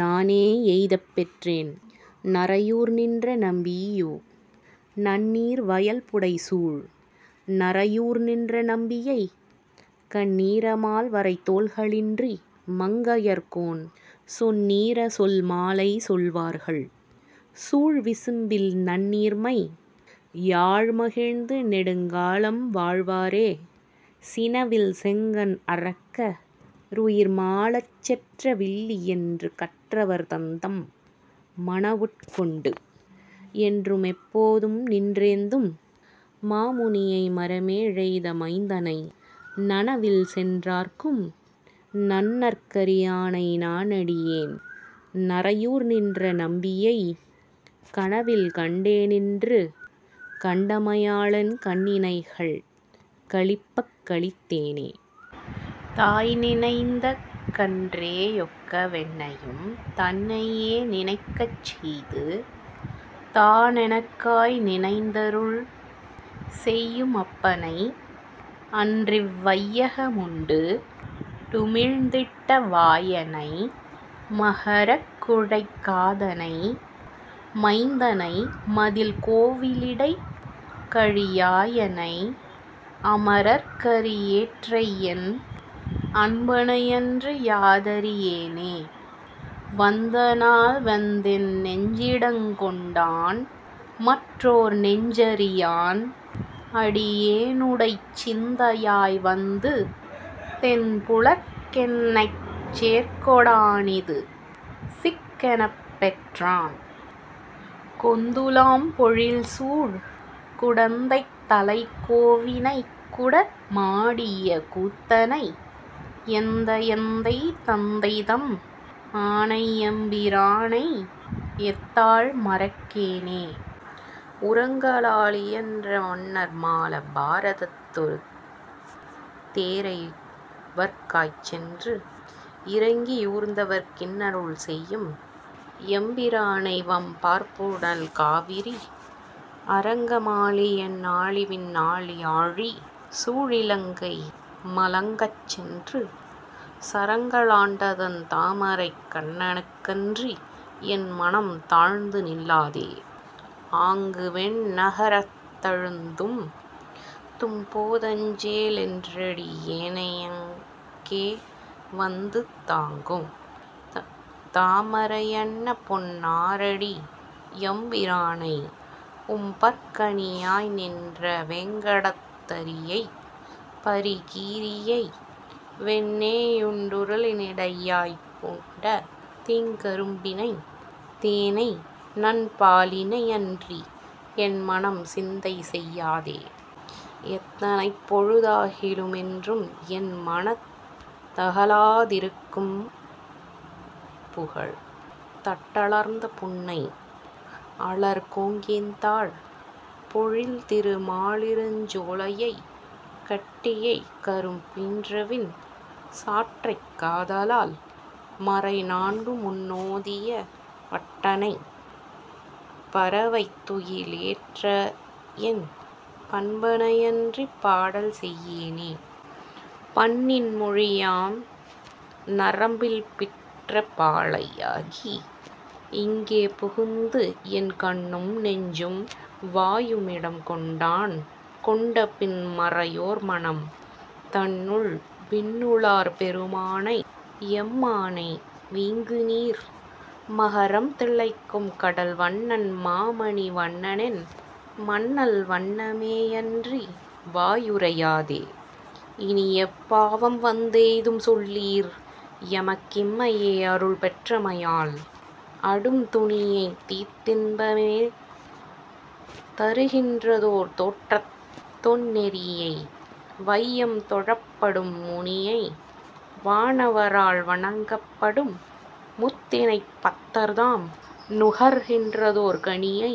நானே யெய்தப்பெற்றேன் நறையூர்நின்ற நம்பீயோ. நன்னீர் வயல்புடைசூழ் நறையூர்நின்ற நம்பியை கன்னீர மால்வரைத்தோள் கலிகன்றி மங்கையர்கோன், சொன்னீர சொல்மாலை சொல்வார்கள், சூழ்விசும்பில் நன்னீர்மை யால்மகிழ்ந்து நெடுந்காலம் வாழ்வாரே சினவில் செங்கண் அரக்க ருயிர்மாளச் செற்ற வில்லியென்று கற்றவர் தந்தம் மனவுட் கொண்டு, என்று மெப்போதும் நின்றேத்தும் மாமுனி யைமர மேழெய்த மைந்தனை, நனவில் சென்றார்க்கும் நண்ணற் கரியானை நானடி யேன்நறை யூர்நின்ற நம்பியை, கனவில் கண்டே னின்றுகண் டமையாலென் கண்ணி ணைகள் களிப்பக் களித்தேனே.. தாய்நி னைந்தகன் றேயொக்க வென்னையும் தன்னை யேநினைக் கச்செய்து, தானெனக் காய்நி னைந்தருள் செய்யு மப்பனை அன்றிவ் வையக முண்டுமிழ்ந் திட்ட வாய னை, மக ரக்குழைக் காதனை மைந்த னைமதிள் கோவ லிடைகழி யாயனை, அம ரர்க்கரி யேற்றையென் அன்ப னையன்றி யாதரி யேனே. வந்த நாள்வந்தென் நெஞ்சிடங் கொண்டான் மற்றோர் நெஞ்சறி யான், அடி யேனுடைச் சிந்தை யாய்வந்து தென்புலர்க் கென்னைச் சேர்கொ டானிது சிக்கெனப் பெற்றேன், கொந்து லாம்பொழில் சூழ்குடந் தைத்தலைக் கோவி னைக்குட மாடிய கூத்தனை, எந்தை யையெந்தை தந்தைதம் மானை எம்பி ரானையெத் தால்மறக் கேனே?. உரங்க ளாலியன் றமன்னர் மாளப் பார தத்தொரு தேரைவர்க் காய்ச்சென்று, இரங்கி யூர்ந்தவர்க் கின்னருள் செய்யும் எம்பி ரானைவம் பார்புனல் காவிரி, அரங்க மாளியென் னாளிவிண் ணாளி ஆழி சூழிலங் கைமலங் கச்சென்று, சரங்க ளாண்டதண் டாமரைக் கண்ணனுக் கன்றி யென்மனம் தாழ்ந்துநில் லாதே. ஆங்கு வெந்நர கத்தழுந் தும்போ தஞ்சே லென்றடி யேனையங் கேவந்து தாங்கு, தாமரை யன்னபொன் னாரடி எம்பி ரானை உம் பர்க்கணி யாய்நின்ற, வேங்கடத்தரி யைப்பரி கீறியை வெண்ணெ யுண்டுர லினிடை யாப்புண்ட தீங்க ரும்பினை, தேனைநன் பாலினை அன்றி யென்மனம் சிந்தைசெய் யாதே. எட்ட னைப்பொழு தாகிலு மென்றும் என்ம னத்தக லாதிருக் கும்புகழ், தட்ட லர்த்தபொன் னை அலர் கோங்கின் தாழ்பொ ழில்திரு மாலிருஞ் சோலையங் கட்டி யை, கரும் பீன்றவின் சாற்றைக் காத லால்மறை நான்குமுன் னோதிய பட்ட னை, பர வைத்துயி லேற்றையென் பண்ப னையன்றிப் பாடல்செய் யேனே. பண்ணி னின்மொழி யாம்நரம் பில்பெற்ற பாலை யாகி யிங்கே புகுந்து, என் கண்ணும் நெஞ்சும் வாயுமி டங்கொண்டான் கொண்ட பின்மறை யோர்மனம் தன்னுள், விண்ணு ளார்பெரு மானையெம் மானை வீங்கு நீர்மக ரம்திளைக் கும்கடல் வண்ணன் மாமணி வண்ணனெம் மண்ணல் வண்ண மேயன்றி வாயுரை யாதே. இனியெப் பாவம்வந் தெய்தும்சொல் லீர் எமக் கிம்மை யேயருள் பெற்றமை யால், அடும் துனியைத் தீர்த்தின்ப மேதரு கின்றதோர் தோற்றத் தொன்னெறி யை, வையம் தொழப்படும் முனியை வானவ ரால்வணங் கப்படும் முத்தி னைப்பத்தர் தாம்நுகர் கின்றதோர் கனியை,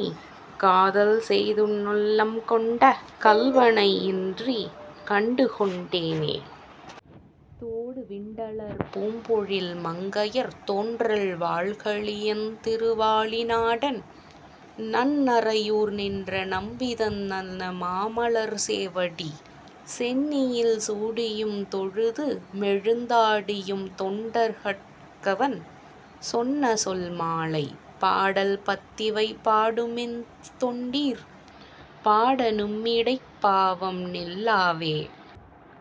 காதல்செய் தென்னுள்ளங் கொண்ட கள்வ னையின்று கண்டுகொண் டேனே. தோடு விண்டலர் பூம்பொழில் மங்கையர் தோன்றல் வாள்கலி யன்திரு வாலி நாடன், நன்னறை யூர்நின்ற நம்பிதன் நல்ல மாமலர் சேவடி, சென்னியில் சூடி யும்தொழு துமெழுந் தாடியும் தொண்டர் கட்கவன் சொன்னசொல் மாலை, பாடல் பத்திவை பாடுமின் தொண்டீர். பாட நும்மிடைப் பாவம்நில் லாவே.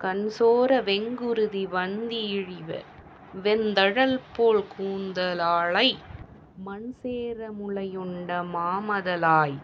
கண்சோர வெங்குருதி வந்திழிய வெந்தழல்போல் கூந்த லாளை, மண்சேர முலையுண்ட மாமதலாய்.